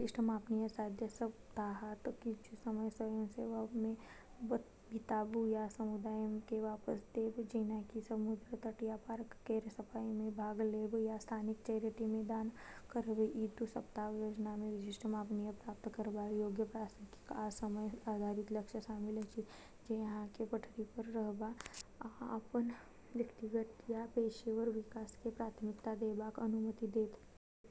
(विशिष्ट, मापनीय, साध्य) सप्ताहांत: किछु समय स्वयंसेवा मे बिताबू या समुदाय केँ वापस देब, जेना कि समुद्र तट या पार्क केर सफाई मे भाग लेब या स्थानीय चैरिटी मे दान करब। ई दू सप्ताहक योजना मे विशिष्ट, मापनीय, प्राप्त करबा योग्य, प्रासंगिक, आ समय आधारित लक्ष्य शामिल अछि, जे अहाँ केँ पटरी पर रहबा आ अपन व्यक्तिगत आ पेशेवर विकास केँ प्राथमिकता देबाक अनुमति देत।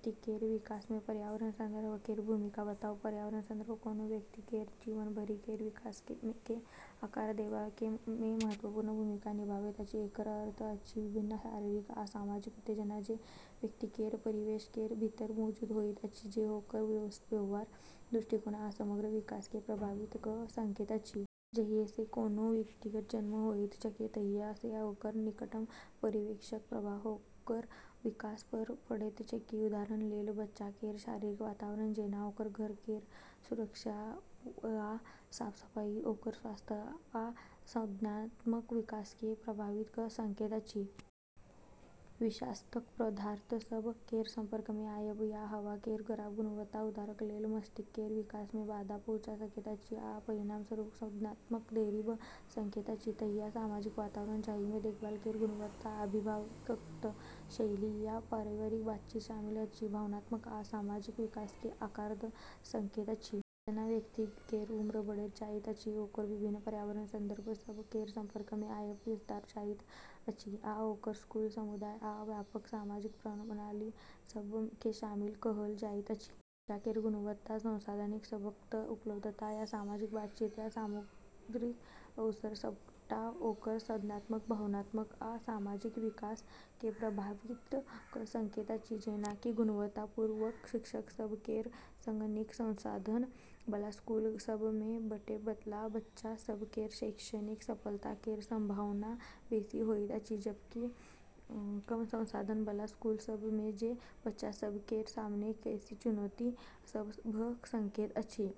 व्यक्ति केर विकास मे पर्यावरण संदर्भ केर भूमिका बताऊ। पर्यावरण संदर्भ कोनो व्यक्ति केर जीवन भरि केर विकास केँ आकार देबा मे महत्वपूर्ण भूमिका निभावैत अछि। एकर अर्थ अछि विभिन्न शारीरिक आ सामाजिक उत्तेजना जे व्यक्ति केर परिवेश केर भीतर मौजूद होइत अछि, जे ओकर व्यवहार, दृष्टिकोण आ समग्र विकास केँ प्रभावित कऽ सकैत अछि। जहिया सँ कोनो व्यक्तिक जन्म होइत छैक तहिया सँ ओकर निकटतम परिवेशक प्रभाव ओकर विकास पर पड़ैत छैक। उदाहरण लेल, बच्चा केर शारीरिक वातावरण, जेना ओकर घर केर सुरक्षा आ साफ-सफाई, ओकर स्वास्थ्य आ संज्ञानात्मक विकास केँ प्रभावित कऽ सकैत अछि। विषाक्त पदार्थ सभ केर संपर्क मे आयब या हवा केर खराब गुणवत्ता, उदाहरण लेल, मस्तिष्क केर विकास मे बाधा पहुँचा सकैत अछि आ परिणामस्वरूप संज्ञानात्मक देरी भऽ सकैत अछि। तहिना सामाजिक वातावरण, जाहि मे देखभाल केर गुणवत्ता, अभिभावकत्व शैली, आ पारिवारिक बातचीत शामिल अछि, भावनात्मक आ सामाजिक विकास केँ आकार द' सकैत अछि। जेना-जेना व्यक्ति केर उम्र बढ़ैत जाइत अछि, ओकर विभिन्न पर्यावरणीय संदर्भ सभ केर संपर्क मे आयब विस्तार भऽ जाइत अछि आ ओकर स्कूल, समुदाय आ व्यापक सामाजिक प्रणाली सभ केँ शामिल कएल जाइत अछि। शिक्षा केर गुणवत्ता, संसाधन सभक उपलब्धता, आ सामाजिक बातचीत आ समृद्धिक अवसर सभटा ओकर संज्ञानात्मक, भावनात्मक, आ सामाजिक विकास केँ प्रभावित कऽ सकैत अछि। जेना कि गुणवत्तापूर्ण शिक्षक सभ केर सँग नीक संसाधन बला स्कूल सभ मे पढ़ै बला बच्चा सभ केर शैक्षणिक सफलता केर संभावना बेसी होइत अछि, जबकि कम संसाधन बला स्कूल सभ मे जे बच्चा सभ केर सामने बेसी चुनौती सभ भऽ सकैत अछि।